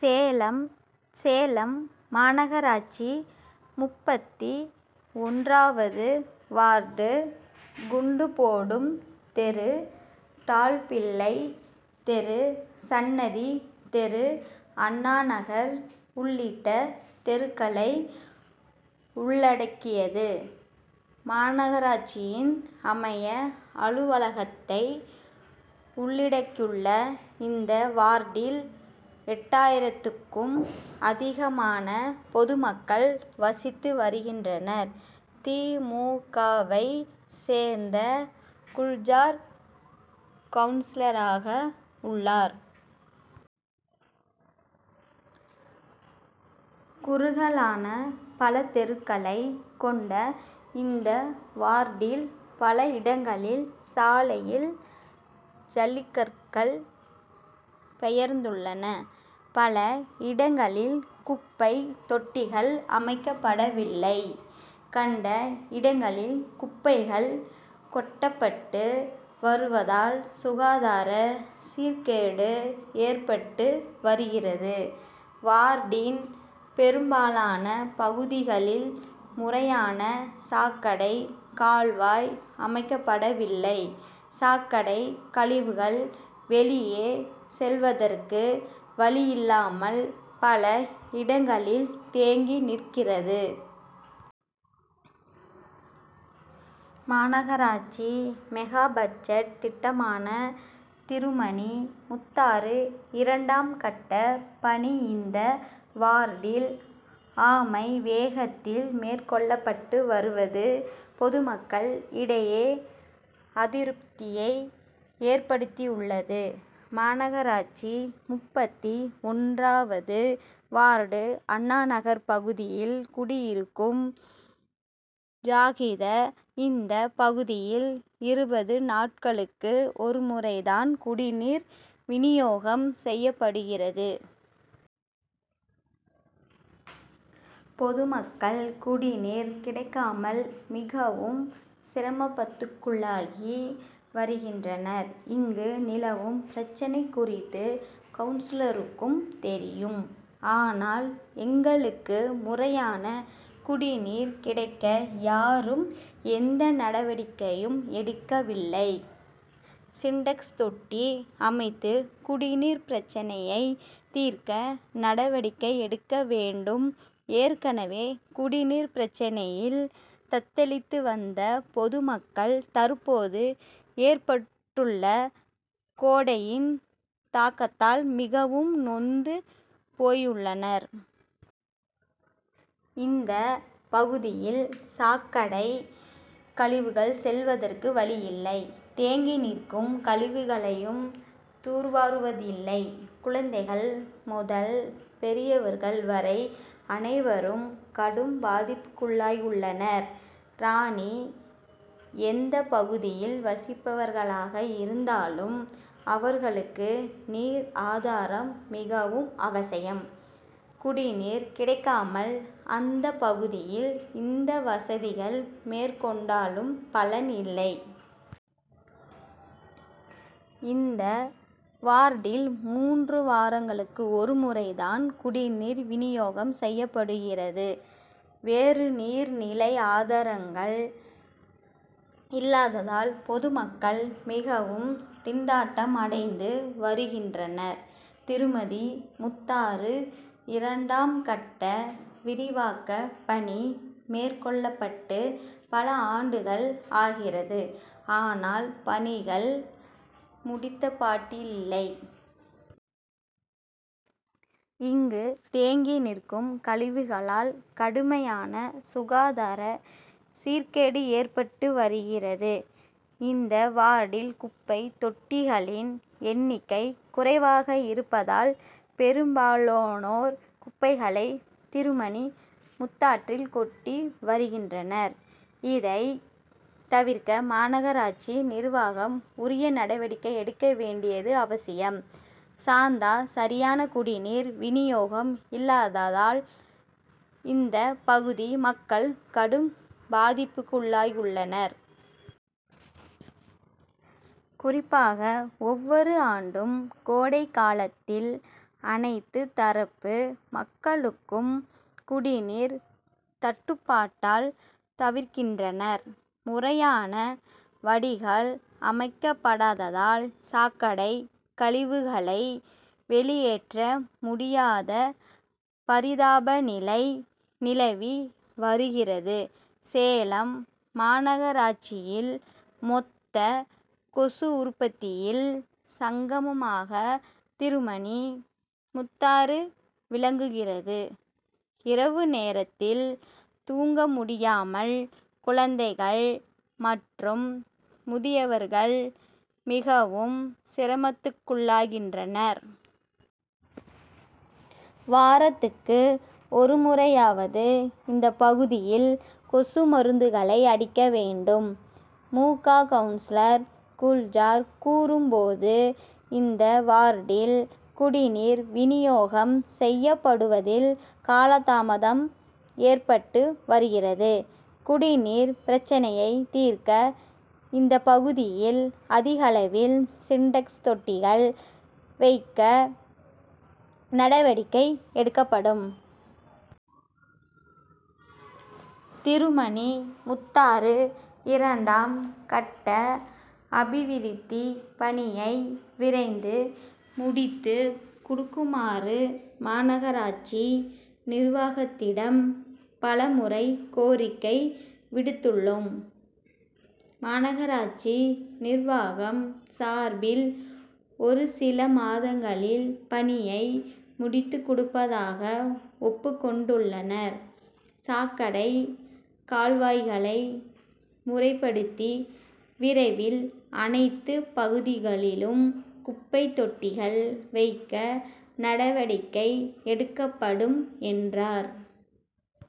சேலம் சேலம் மாநகராட்சி முப்பத்தி ஒன்றாவது வார்டு குண்டு போடும் தெரு பால்பிள்ளை தெரு சன்னதி தெரு அண்ணாநகர் உள்ளிட்ட தெருக்களை உள்ளடக்கியது. மாநகராட்சியின் மைய அலுவலகத்தை உள்ளடக்கியுள்ள இந்த வார்டில் எட்டாயிரத்துக்கும் அதிகமான பொதுமக்கள் வசித்து வருகின்றனர். தி. மு. க.வை சேர்ந்த குல்ஜார் கவுன்சிலராக உள்ளார். குறுகலான பல தெருக்களை கொண்ட இந்த வார்டில் பல இடங்களில் சாலையில் ஜல்லிக்கற்கள் பெயர்ந்துள்ளன. பல இடங்களில் குப்பை தொட்டிகள் அமைக்கப்படவில்லை. கண்ட இடங்களில் குப்பைகள் கொட்டப்பட்டு வருவதால் சுகாதார சீர்கேடு ஏற்பட்டு வருகிறது. வார்டின் பெரும்பாலான பகுதிகளில் முறையான சாக்கடை கால்வாய் அமைக்கப்படவில்லை. சாக்கடை கழிவுகள் வெளியே செல்வதற்கு வழியில்லாமல் பல இடங்களில் தேங்கி நிற்கிறது. மாநகராட்சி மெகாபட்ஜெட் திட்டமான திருமணி முத்தாறு இரண்டாம் கட்ட பணி இந்த வார்டில் ஆமை வேகத்தில் மேற்கொள்ளப்பட்டு வருவது பொதுமக்கள் இடையே அதிருப்தியை ஏற்படுத்தியுள்ளது. மாநகராட்சி முப்பத்தி ஒன்றாவது வார்டு அண்ணாநகர் பகுதியில் குடியிருக்கும் ஜாகிதா இந்த பகுதியில் இருபது நாட்களுக்கு ஒரு முறை தான் குடிநீர் விநியோகம் செய்யப்படுகிறது. பொதுமக்கள் குடிநீர் கிடைக்காமல் மிகவும் சிரமத்துக்குள்ளாகி வருகின்றனர். இங்கு நிலவும் பிரச்னை குறித்து கவுன்சிலருக்கும் தெரியும். ஆனால் எங்களுக்கு முறையான குடிநீர் கிடைக்க யாரும் எந்த நடவடிக்கையும் எடுக்கவில்லை. சின்டெக்ஸ் தொட்டி அமைத்து குடிநீர் பிரச்னையை தீர்க்க நடவடிக்கை எடுக்க வேண்டும். ஏற்கனவே குடிநீர் பிரச்னையில் தத்தளித்து வந்த பொதுமக்கள் தற்போது ஏற்பட்டுள்ள கோடையின் தாக்கத்தால் மிகவும் நொந்து போயுள்ளனர். இந்த பகுதியில் சாக்கடை கழிவுகள் செல்வதற்கு வழியில்லை. தேங்கி நிற்கும் கழிவுகளையும் தூர்வாருவதில்லை. குழந்தைகள் முதல் பெரியவர்கள் வரை அனைவரும் கடும் பாதிப்புக்குள்ளாகியுள்ளனர். ராணி எந்த பகுதியில் வசிப்பவர்களாக இருந்தாலும் அவர்களுக்கு நீர் ஆதாரம் மிகவும் அவசியம். குடிநீர் கிடைக்காமல் அந்த பகுதியில் எந்த வசதிகள் மேற்கொண்டாலும் பலன் இல்லை. இந்த வார்டில் மூன்று வாரங்களுக்கு ஒரு முறை தான் குடிநீர் விநியோகம் செய்யப்படுகிறது. வேறு நீர் நிலை ஆதாரங்கள் இல்லாததால் பொதுமக்கள் மிகவும் திண்டாட்டம் அடைந்து வருகின்றனர். திருமணி முத்தாறு இரண்டாம் கட்ட விரிவாக்க பணி மேற்கொள்ளப்பட்டு பல ஆண்டுகள் ஆகிறது. ஆனால் பணிகள் முடித்தப்பாடில்லை. இங்கு தேங்கி நிற்கும் கழிவுகளால் கடுமையான சுகாதார சீர்கேடு ஏற்பட்டு வருகிறது. இந்த வார்டில் குப்பை தொட்டிகளின் எண்ணிக்கை குறைவாக இருப்பதால் பெரும்பாலோனோர் குப்பைகளை திருமணி முத்தாற்றில் கொட்டி வருகின்றனர். இதை தவிர்க்க மாநகராட்சி நிர்வாகம் உரிய நடவடிக்கை எடுக்க வேண்டியது அவசியம். சாந்தா சரியான குடிநீர் விநியோகம் இல்லாததால் இந்த பகுதி மக்கள் கடும் பாதிப்புக்குள்ளாகியுள்ளனர். குறிப்பாக ஒவ்வொரு ஆண்டும் கோடை காலத்தில் அனைத்து தரப்பு மக்களும் குடிநீர் தட்டுப்பாட்டால் தவிக்கின்றனர். முறையான வடிகால் அமைக்கப்படாததால் சாக்கடை கழிவுகளை வெளியேற்ற முடியாத பரிதாப நிலை நிலவி வருகிறது. சேலம் மாநகராட்சியில் மொத்த கொசு உற்பத்தியில் சங்கமமாக திருமணி முத்தாறு விளங்குகிறது. இரவு நேரத்தில் தூங்க முடியாமல் குழந்தைகள் மற்றும் முதியவர்கள் மிகவும் சிரமத்துக்குள்ளாகின்றனர். வாரத்துக்கு ஒரு முறையாவது இந்த பகுதியில் கொசு மருந்துகளை அடிக்க வேண்டும். மு. க. கவுன்சிலர் குல்ஜார் கூறும்போது இந்த வார்டில் குடிநீர் விநியோகம் செய்யப்படுவதில் காலதாமதம் ஏற்பட்டு வருகிறது. குடிநீர் பிரச்னையை தீர்க்க இந்த பகுதியில் அதிகளவில் சின்டெக்ஸ் தொட்டிகள் வைக்க நடவடிக்கை எடுக்கப்படும். திருமணி முத்தாறு இரண்டாம் கட்ட அபிவிருத்தி பணியை விரைந்து முடித்து கொடுக்குமாறு மாநகராட்சி நிர்வாகத்திடம் பல முறை கோரிக்கை விடுத்துள்ளோம். மாநகராட்சி நிர்வாகம் சார்பில் ஒரு சில மாதங்களில் பணியை முடித்து கொடுப்பதாக ஒப்புக்கொண்டுள்ளனர். சாக்கடை கால்வாய்களை முறைப்படுத்தி விரைவில் அனைத்து பகுதிகளிலும் குப்பை தொட்டிகள் வைக்க நடவடிக்கை எடுக்கப்படும் என்றார்.